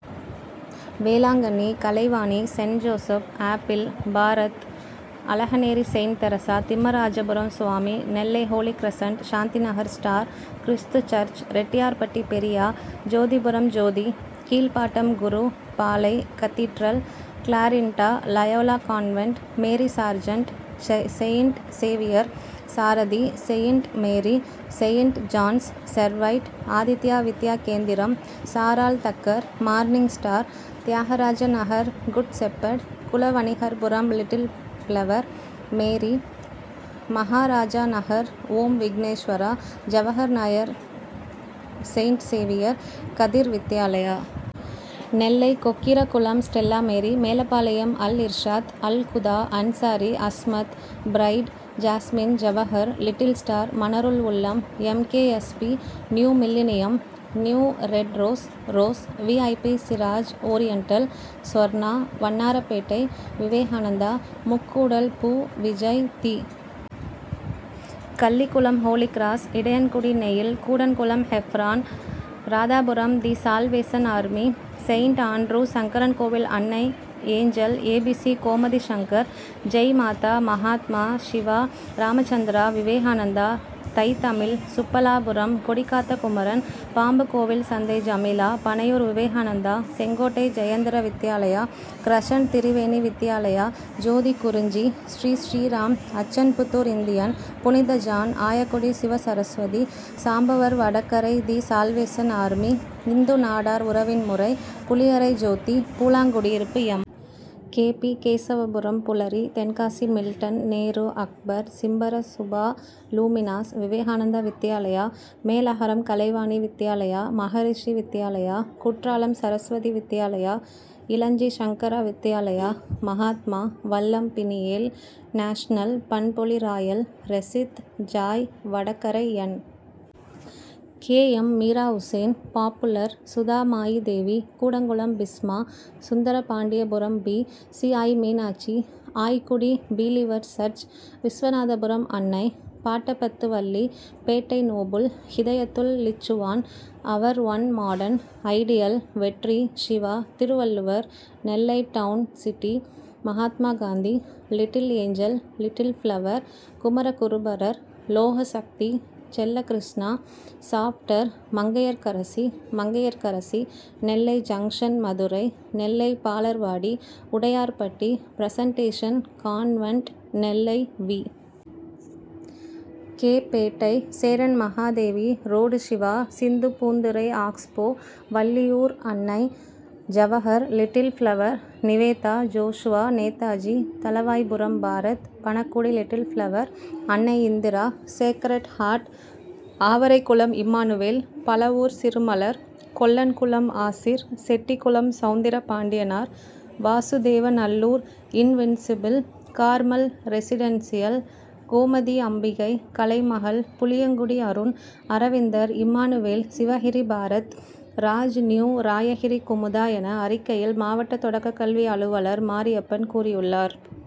Velankanni, Kalaivani, saint Joseph, apple, Bharat, Azhaganeri saint Teresa, Thimmarajapuram Swami, Nellai holy crescent, Shanthinagar star, கிருஸ்து church, Rettiyarpatti Periya, Jothipuram Jothi, Keezhapattam Guru, Palai., cathedral, Clarinda, Loyola convent, Mary Sargent, saint Xavier, Sarathi, saint Mary, saint John's, Servite, Aditya Vidya Kendram, சாராள் Tucker, morning star, Thiyagarajanagar good shepherd, Kulavanigarpuram little flower, Mary, Maharajanagar Om Vigneswara, Jawaharnagar saint Xavier, Kathir Vidyalaya. Nellai Kokkirakulam Stella Mary, Melapalayam Al Irshad, Alhuda, Ansari, Asmath, bright, jasmine, Jawahar, little star, Manarul Ulum, M. K. S. P., new millennium, new red rose, rose, V. I. P., Siraj oriental, Sorna, Vannarpettai Vivekananda, Mukkudal பூ விஜய், தி. Kallikulam holy cross, Idaiyankudi Neil, Koodankulam Hebron, Radhapuram the salvation army, saint Andrew's. Sankarankovil Annai, angel, A. B. C., Gomathi Shankar, Jaya Matha, Mahatma, Siva, Ramachandra, Vivekananda, Thai Tamil, Subbalapuram Kodikatha Kumaran, Pambukovilsanthai Jameela, Panaiyur Vivekananda, Sengottai Jayendra Vidyalaya, crescent, Triveni Vidyalaya, Jothi Kurinji, Sri, Sriram, Achanpudur Indian, புனித John, Aykudi Sivasaraswathi, Sambavarvadakarai the salvation army, Hindu Nadar உறவின் முறை, Puliyarai Jothi, Poolankudiyiruppu M. K. P., Kesavapuram Pulari. Tenkasi Milton, Nehru, Akbar, சிம்பர Subha Luminous, Vivekananda Vidyalaya, Melagaram Kalaivani Vidyalaya, Maharishi Vidyalaya, Courtallam Saraswathi Vidyalaya, Ilanji Sankara Vidyalaya, Mahatma, Vallam Peniel, national, Panpozhi royal, ரெசித், Joy, Vadakarai N. K. M. Meera Hussain, popular, Sudha Mayi Devi, Koodankulam Bisma, Sundarapandiapuram P. C. I., Meenakshi, Aykudi believers church, Viswanathapuram Annai, Pattapathu Valli. Pettai noble, Hidayathul லிச்சுவான், our own modern, ideal, Vetri, Siva, Thiruvalluvar, Nellai town city, Mahatma Gandhi, little angel, little flower, Kumaraguruparar, Logasakthi, Chellakrishna, Schaffter, Mangaiyarkarasi, Mangaiyarkarasi, Nellai junction Madurai, Nellai Balarvadi, Udayarpatti presentation convent, Nellai V. K., Pettai Cheranmahadevi road Siva, Sindhupoonthurai ஆக்ஸ்போ, Valliyur Annai, Jawahar, little flower, Nivetha, Joshua, Netaji. Thalavaipuram Bharat, Panagudi little flower, Annai Indira, sacred heart, Avaraikulam Immanuel, Pazhavur சிறுமலர், Kollankulam Aseer, Chettikulam Soundarapandianar, Vasudevanallur invincible, Carmel residential, Gomathi Ambigai, Kalaimagal, Puliyangudi Arun, Aravindar, Immanuel, Sivagiri Bharat, Raj new, Rayagiri Kumudha என அறிக்கையில் மாவட்ட தொடக்கக்கல்வி அலுவலர் மாரியப்பன் கூறியுள்ளார்.